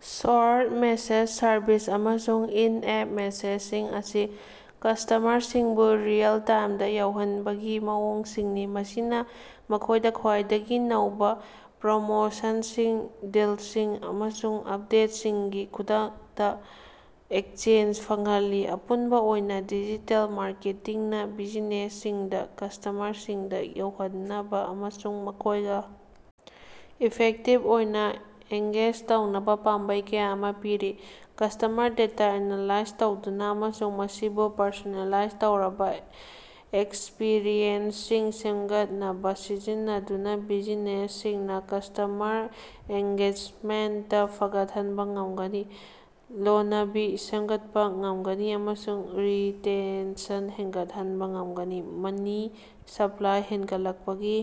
Short message service ꯑꯃꯁꯨꯡ in app ꯃꯦꯁꯦꯖꯁꯤꯡ ꯑꯁꯤ ꯀꯁ꯭ꯇꯃꯔꯁꯤꯡꯕꯨ ꯔꯤꯑꯦꯜ-ꯇꯥꯏꯝꯗ ꯌꯥꯎꯍꯟꯕꯒꯤ ꯃꯑꯣꯡꯁꯤꯡꯅꯤ ꯫ ꯃꯁꯤꯅ ꯃꯈꯣꯏꯗ ꯈ꯭ꯋꯥꯏꯗꯒꯤ ꯅꯧꯕ ꯄ꯭ꯔꯣꯃꯣꯁꯟꯁꯤꯡ, ꯗꯤꯜꯁꯤꯡ ꯑꯃꯁꯨꯡ ꯑꯞꯗꯦꯠꯁꯤꯡꯒꯤ ꯈꯨꯗꯛꯇ ꯑꯦꯛꯁꯦꯁ ꯐꯪꯍꯜꯂꯤ꯫ ꯑꯄꯨꯟꯕ ꯑꯣꯏꯅ ꯗꯤꯖꯤꯇꯦꯜ ꯃꯥꯔꯀꯦꯇꯤꯡꯅ ꯕꯤꯖꯤꯅꯦꯁꯁꯤꯡꯗ ꯀꯁ꯭ꯇꯃꯔꯁꯤꯡꯗ ꯌꯧꯍꯟꯅꯕ ꯑꯃꯁꯨꯡ ꯃꯈꯣꯏꯒ ꯏꯐꯦꯛꯇꯤꯕ ꯑꯣꯏꯅ ꯑꯦꯡꯒꯦꯖ ꯇꯧꯅꯕ ꯄꯥꯝꯕꯩ ꯀꯌꯥ ꯑꯃ ꯄꯤꯔꯤ꯫ ꯀꯁ꯭ꯇꯃꯔ ꯗꯦꯇꯥ ꯑꯦꯅꯥꯂꯥꯏꯖ ꯇꯧꯗꯨꯅ ꯑꯃꯁꯨꯡ ꯃꯁꯤꯕꯨ ꯄꯔꯁꯣꯅꯦꯂꯥꯏꯖ ꯇꯧꯔꯕ ꯑꯦꯛꯁꯄꯤꯔꯤꯑꯦꯟꯁꯁꯤꯡ ꯁꯦꯝꯒꯠꯅꯕ ꯁꯤꯖꯤꯟꯅꯗꯨꯅ ꯕꯤꯖꯤꯅꯦꯁꯁꯤꯡꯅ ꯀꯁ꯭ꯇꯃꯔ ꯑꯦꯡꯒꯦꯖꯃꯦꯟꯇ ꯐꯒꯠꯍꯟꯕ ꯉꯝꯒꯅꯤ꯫ꯂꯣꯅꯕꯤ ꯁꯦꯝꯒꯠꯄ ꯉꯝꯒꯅꯤ ꯑꯃꯁꯨꯡ ꯔꯤꯇꯦꯟꯁꯟ ꯍꯦꯟꯒꯠꯍꯟꯕ ꯉꯝꯒꯅꯤ꯫ ꯃꯅꯤ ꯁꯞꯂꯥꯏ ꯍꯦꯟꯒꯠꯂꯛꯄꯒꯤ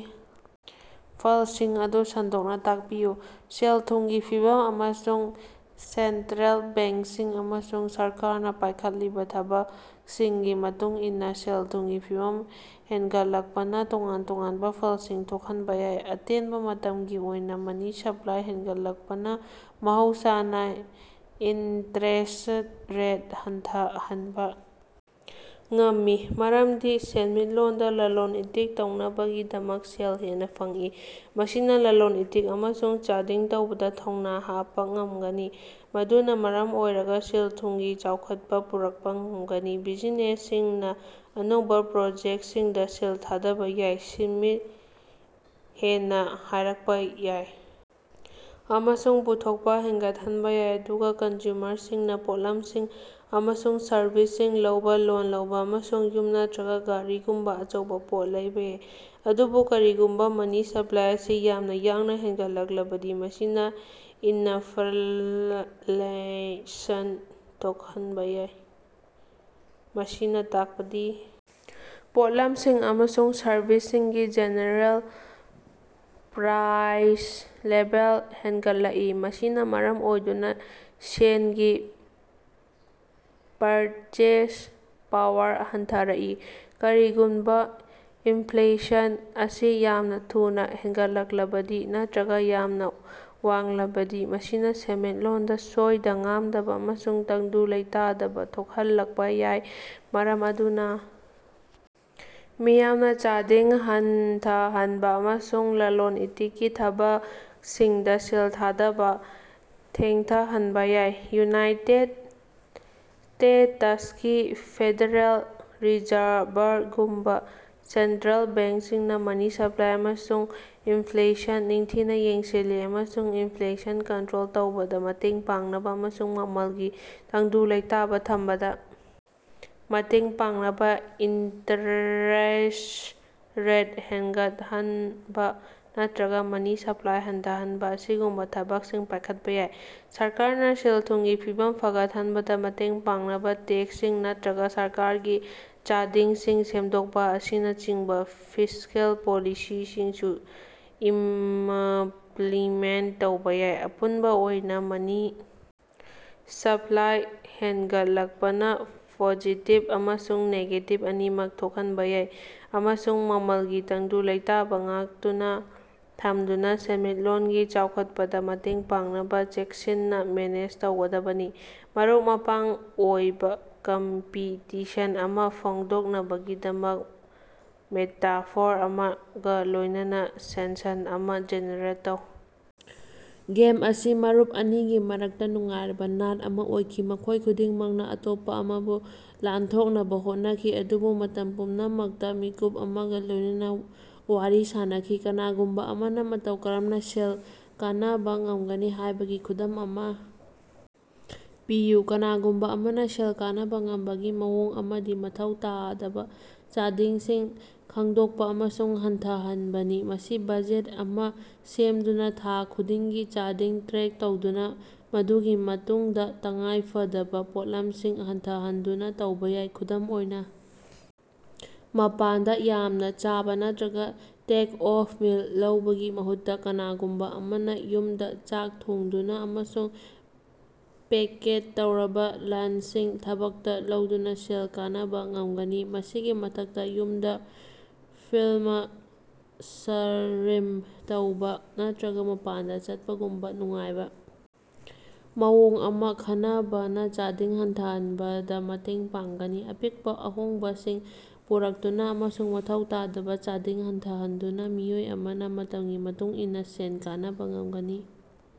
ꯐꯜꯁꯤꯡ ꯑꯗꯨ ꯁꯟꯗꯣꯛꯅ ꯇꯥꯛꯄꯤꯌꯨ꯫ ꯁꯦꯟ-ꯊꯨꯝꯒꯤ ꯐꯤꯕꯝ ꯑꯃꯁꯨꯡ ꯁꯦꯟꯇ꯭ꯔꯦꯟ ꯕꯦꯡꯁꯤꯡ ꯑꯃꯁꯨꯡ ꯁꯔꯀꯥꯔꯅ ꯄꯥꯏꯈꯠꯂꯤꯕ ꯊꯕꯀꯁꯤꯡꯒꯤ ꯃꯇꯨꯡ ꯏꯟꯅ ꯁꯦꯟ-ꯊꯨꯝꯒꯤ ꯐꯤꯕꯝ ꯍꯦꯟꯒꯠꯂꯛꯄꯅ ꯇꯣꯉꯥꯟ ꯇꯣꯉꯥꯟꯕ ꯐꯜꯁꯤꯡ ꯊꯣꯛꯍꯟꯕ ꯌꯥꯏ꯫ ꯑꯇꯦꯟꯕ ꯃꯇꯝꯒꯤ ꯑꯣꯏꯅ ꯃꯅꯤ ꯁꯞꯂꯥꯏ ꯍꯦꯟꯒꯠꯂꯛꯄꯅ ꯃꯍꯧꯁꯥꯅ ꯏꯟꯇꯔꯦꯁ꯭ꯠ ꯔꯦꯠ ꯍꯟꯊꯍꯟꯕ ꯉꯝꯃꯤ, ꯃꯔꯝꯗꯤ ꯁꯦꯟꯃꯤꯠꯂꯣꯟꯗ ꯂꯂꯣꯟ-ꯏꯇꯤꯛ ꯇꯧꯅꯕꯒꯤꯗꯃꯛ ꯁꯦꯜ ꯍꯦꯟꯅ ꯐꯪꯏ꯫ ꯃꯁꯤꯅ ꯂꯂꯣꯟ-ꯏꯇꯤꯛ ꯑꯃꯁꯨꯡ ꯆꯥꯗꯤꯡ ꯇꯧꯕꯗ ꯊꯧꯅ ꯍꯥꯞꯄ ꯉꯝꯒꯅꯤ꯫ ꯃꯗꯨꯅ ꯃꯔꯝ ꯑꯣꯏꯔꯒ ꯁꯦꯟ-ꯊꯨꯝꯒꯤ ꯆꯥꯎꯈꯠꯄ ꯄꯨꯔꯛꯄ ꯉꯝꯒꯅꯤ꯫ ꯕꯤꯖꯤꯅꯦꯁꯁꯤꯡꯅ ꯑꯅꯧꯕ ꯄ꯭ꯔꯣꯖꯦꯛꯇꯁꯤꯡꯗ ꯁꯦꯜ ꯊꯥꯗꯕ ꯌꯥꯏ꯫ ꯁꯤꯟꯃꯤ ꯍꯦꯟꯅ ꯍꯥꯏꯔꯛꯄ ꯌꯥꯏ ꯑꯃꯁꯨꯡ ꯄꯨꯊꯣꯛꯄ ꯍꯦꯟꯒꯠꯍꯟꯕ ꯌꯥꯏ, ꯑꯗꯨꯒ ꯀꯟꯖꯨꯃꯔꯁꯤꯡꯅ ꯄꯣꯠꯂꯝꯁꯤꯡ ꯑꯃꯁꯨꯡ ꯁꯔꯕꯤꯁꯁꯤꯡ ꯂꯧꯕ, ꯂꯣꯟ ꯂꯧꯕ, ꯑꯃꯁꯨꯡ ꯌꯨꯝ ꯅꯠꯇꯔꯒ ꯒꯥꯔꯤꯒꯨꯝꯕ ꯑꯆꯧꯕ ꯄꯣꯠ ꯂꯩꯕ ꯌꯥꯏ꯫ ꯑꯗꯨꯕꯨ ꯀꯔꯤꯒꯨꯝꯕ ꯃꯅꯤ ꯁꯞꯂꯥꯏ ꯑꯁꯤ ꯌꯥꯝꯅ ꯌꯥꯡꯅ ꯍꯦꯟꯒꯠꯂꯛꯂꯕꯗꯤ ꯃꯁꯤꯅ ꯏꯅꯐ꯭ꯂꯦꯁꯟ ꯊꯣꯛꯍꯟꯕ ꯌꯥꯏ꯫ ꯃꯁꯤꯅ ꯇꯥꯛꯄꯗꯤ ꯄꯣꯠꯂꯝꯁꯤꯡ ꯑꯃꯁꯨꯡ ꯁꯔꯕꯤꯁꯁꯤꯡꯒꯤ ꯖꯦꯅꯦꯔꯦꯜ ꯄ꯭ꯔꯥꯏꯁ ꯂꯦꯚꯦꯜ ꯍꯦꯟꯒꯠꯂꯛꯏ, ꯃꯁꯤꯅ ꯃꯔꯝ ꯑꯣꯏꯗꯨꯅ ꯁꯦꯟꯒꯤ ꯄꯔꯆꯦꯖ ꯄꯋꯥꯔ ꯍꯟꯊꯔꯛꯏ꯫ ꯀꯔꯤꯒꯨꯝꯕ ꯏꯟꯐ꯭ꯂꯦꯁꯟ ꯑꯁꯤ ꯌꯥꯝꯅ ꯊꯨꯅ ꯍꯦꯟꯒꯠꯂꯛꯂꯕꯗꯤ ꯅꯠꯇꯔꯒ ꯌꯥꯝꯅ ꯋꯥꯡꯂꯕꯗꯤ ꯃꯁꯤꯅ ꯁꯦꯟꯃꯤꯠꯂꯣꯟꯗ ꯁꯣꯏꯗ-ꯉꯥꯝꯗꯕ ꯑꯃꯁꯨꯡ ꯇꯪꯗꯨ ꯂꯩꯇꯥꯗꯕ ꯊꯣꯛꯍꯜꯂꯛꯄ ꯌꯥꯏ, ꯃꯔꯝ ꯑꯗꯨꯅ ꯃꯤꯌꯥꯝꯅ ꯆꯥꯗꯤꯡ ꯍꯟꯊꯍꯟꯕ ꯑꯃꯁꯨꯡ ꯂꯂꯣꯟ-ꯏꯇꯤꯛꯀꯤ ꯊꯕꯀꯁꯤꯡꯗ ꯁꯦꯜ ꯊꯥꯗꯕ ꯊꯦꯡꯊꯍꯟꯕ ꯌꯥꯏ꯫ ꯌꯨꯅꯥꯏꯇꯦꯗ ꯁ꯭ꯇꯦꯇꯁꯀꯤ ꯐꯦꯗꯔꯦꯜ ꯔꯤꯖꯔꯚꯔꯒꯨꯝꯕ ꯁꯦꯟꯇꯔꯦꯜ ꯕꯦꯡꯁꯤꯡꯅꯥ ꯃꯅꯤ ꯁꯞꯂꯥꯏ ꯑꯃꯁꯨꯡ ꯏꯟꯐ꯭ꯂꯦꯁꯟ ꯅꯤꯡꯊꯤꯅ ꯌꯦꯡꯁꯤꯜꯂꯤ ꯑꯃꯁꯨꯡ ꯏꯟꯐ꯭ꯂꯦꯁꯟ ꯀꯟꯇꯔꯣꯜ ꯇꯧꯕꯗ ꯃꯇꯦꯡ ꯄꯥꯡꯅꯕ ꯑꯃꯁꯨꯡ ꯃꯃꯜꯒꯤ ꯇꯪꯗꯨ ꯂꯩꯇꯥꯕ ꯊꯝꯕꯗ ꯃꯇꯦꯡ ꯄꯥꯡꯅꯕ ꯏꯟꯇꯔꯦꯁ꯭ꯠ ꯔꯦꯠ ꯍꯦꯟꯒꯠꯍꯟꯕ ꯅꯠꯇꯔꯒ ꯃꯅꯤ ꯁꯞꯂꯥꯏ ꯍꯟꯊꯍꯟꯕ ꯑꯁꯤꯒꯨꯝꯕ ꯊꯕꯛꯁꯤꯡ ꯄꯥꯏꯈꯠꯄ ꯌꯥꯏ꯫ ꯁꯔꯀꯥꯔꯅ ꯁꯦꯜ-ꯊꯨꯝꯒꯤ ꯐꯤꯕꯝ ꯐꯒꯠꯍꯟꯕꯗ ꯃꯇꯦꯡ ꯄꯥꯡꯅꯕꯥ ꯇꯦꯛꯁꯁꯤꯡ ꯅꯠꯇꯔꯒ ꯁꯔꯀꯥꯔꯒꯤ ꯆꯥꯗꯤꯡꯁꯤꯡ ꯁꯦꯝꯗꯣꯛꯄ ꯑꯁꯤꯅꯆꯤꯡꯕ ꯐꯤꯁ꯭ꯀꯦꯜ ꯄꯣꯂꯤꯁꯤꯁꯤꯡꯁꯨ ꯏꯃꯞꯂꯤꯃꯦꯟꯇ ꯇꯧꯕ ꯌꯥꯏ꯫ ꯑꯄꯨꯟꯕ ꯑꯣꯏꯅ, ꯃꯅꯤ ꯁꯞꯂꯥꯏ ꯍꯦꯟꯒꯠꯂꯛꯄꯅ ꯄꯣꯖꯤꯇꯤꯕ ꯑꯃꯁꯨꯡ ꯅꯦꯒꯦꯇꯤꯕ ꯑꯅꯤꯃꯛ ꯊꯣꯛꯍꯟꯕ ꯌꯥꯏ, ꯑꯃꯁꯨꯡ ꯃꯃꯜꯒꯤ ꯇꯪꯗꯨ ꯂꯩꯇꯥꯕ ꯉꯥꯛꯇꯨꯅ ꯊꯝꯗꯨꯅ ꯁꯦꯟꯃꯤꯠꯂꯣꯟꯒꯤ ꯆꯥꯎꯈꯠꯄꯗ ꯃꯇꯦꯡ ꯄꯥꯡꯅꯕ ꯆꯦꯛꯁꯤꯟꯅ ꯃꯦꯅꯦꯖ ꯇꯧꯒꯗꯕꯅꯤ꯫ ꯃꯔꯨꯞ-ꯃꯄꯥꯡ ꯑꯣꯏꯕ ꯀꯝꯄꯤꯇꯤꯁꯟ ꯑꯃ ꯐꯣꯡꯗꯣꯛꯅꯕꯒꯤꯗꯃꯛ ꯃꯦꯇꯥꯐꯣꯔ ꯑꯃꯒ ꯂꯣꯏꯅꯅ ꯁꯦꯟꯁꯟ ꯑꯃꯥ ꯖꯦꯅꯦꯔꯦꯠ ꯇꯧ꯫ ꯒꯦꯝ ꯑꯁꯤ ꯃꯔꯨꯞ ꯑꯅꯤꯒꯤ ꯃꯔꯛꯇ ꯅꯨꯡꯉꯥꯏꯔꯕ ꯅꯥꯠ ꯑꯃ ꯑꯣꯏꯈꯤ꯫ ꯃꯈꯣꯏ ꯈꯨꯗꯤꯡꯃꯛꯅ ꯑꯇꯣꯞꯄ ꯑꯃꯕꯨ ꯂꯥꯟꯊꯣꯛꯅꯕ ꯍꯣꯠꯅꯈꯤ, ꯑꯗꯨꯕꯨ ꯃꯇꯝ ꯄꯨꯝꯅꯃꯛꯇ ꯃꯤꯠꯀꯨꯞ ꯑꯃꯒ ꯂꯣꯏꯅꯅ ꯋꯥꯔꯤ ꯁꯥꯅꯈꯤ꯫ ꯀꯅꯥꯒꯨꯝꯕ ꯑꯃꯅ ꯃꯇꯧ ꯀꯔꯝꯅ ꯁꯦꯜ ꯀꯅꯕ ꯉꯝꯒꯅꯤ ꯍꯥꯏꯕꯒꯤ ꯈꯨꯗꯝ ꯑꯃ ꯄꯤꯌꯨ꯫ ꯀꯅꯥꯒꯨꯝꯕ ꯑꯃꯅ ꯁꯦꯜ ꯀꯅꯕ ꯉꯝꯕꯒꯤ ꯃꯑꯣꯡ ꯑꯃꯗꯤ ꯃꯊꯧ ꯇꯥꯗꯕ ꯆꯥꯗꯤꯡꯁꯤꯡ ꯈꯪꯗꯣꯛꯄ ꯑꯃꯁꯨꯡ ꯍꯟꯊꯍꯟꯕꯅꯤ꯫ ꯃꯁꯤ ꯕꯖꯦꯠ ꯑꯃ ꯁꯦꯝꯗꯨꯅ, ꯊꯥ ꯈꯨꯗꯤꯡꯒꯤ ꯆꯥꯗꯤꯡ ꯇ꯭ꯔꯦꯛ ꯇꯧꯗꯨꯅ, ꯃꯗꯨꯒꯤ ꯃꯇꯨꯡꯗ ꯇꯉꯥꯏꯐꯗꯕ ꯄꯣꯠꯂꯝꯁꯤꯡ ꯍꯟꯊꯍꯟꯗꯨꯅ ꯇꯧꯕ ꯌꯥꯏ꯫ ꯈꯨꯗꯝ ꯑꯣꯏꯅ, ꯃꯄꯥꯟꯗ ꯌꯥꯝꯅ ꯆꯥꯕ ꯅꯠꯇꯔꯒ ꯇꯦꯛ-ꯑꯣꯐ ꯃꯤꯜ ꯂꯧꯕꯒꯤ ꯃꯍꯨꯠꯇ, ꯀꯅꯥꯒꯨꯝꯕ ꯑꯃꯅ ꯌꯨꯝꯗ ꯆꯥꯛ ꯊꯣꯡꯗꯨꯅ ꯑꯃꯁꯨꯡ ꯄꯦꯀꯦꯠ ꯇꯧꯔꯕ ꯂꯟꯆꯁꯤꯡ ꯊꯕꯛꯇ ꯂꯧꯗꯨꯅ ꯁꯦꯜ ꯀꯅꯕ ꯉꯝꯒꯅꯤ꯫ ꯃꯁꯤꯒꯤ ꯃꯊꯛꯇ, ꯌꯨꯝꯗ ꯐꯤꯜꯃ ꯁ꯭ꯠꯔꯤꯝ ꯇꯧꯕ ꯅꯠꯇꯔꯒ ꯃꯄꯥꯟꯗ ꯆꯠꯄꯒꯨꯝꯕ ꯅꯨꯡꯉꯥꯏꯕ ꯃꯑꯣꯡ ꯑꯃ ꯈꯅꯕꯅ ꯆꯥꯗꯤꯡ ꯍꯟꯊꯍꯟꯕꯗ ꯃꯇꯦꯡ ꯄꯥꯡꯒꯅꯤ꯫ ꯑꯄꯤꯛꯄ ꯑꯍꯣꯡꯕꯁꯤꯡ ꯄꯨꯔꯛꯇꯨꯅ ꯑꯃꯁꯨꯡ ꯃꯊꯧ ꯇꯥꯗꯕ ꯆꯥꯗꯤꯡ ꯍꯟꯊꯍꯟꯗꯨꯅ ꯃꯤꯑꯣꯏ ꯑꯃꯅ ꯃꯇꯝꯒꯤ ꯃꯇꯨꯡ ꯏꯟꯅ ꯁꯦꯟ ꯀꯅꯕ ꯉꯝꯒꯅꯤ꯫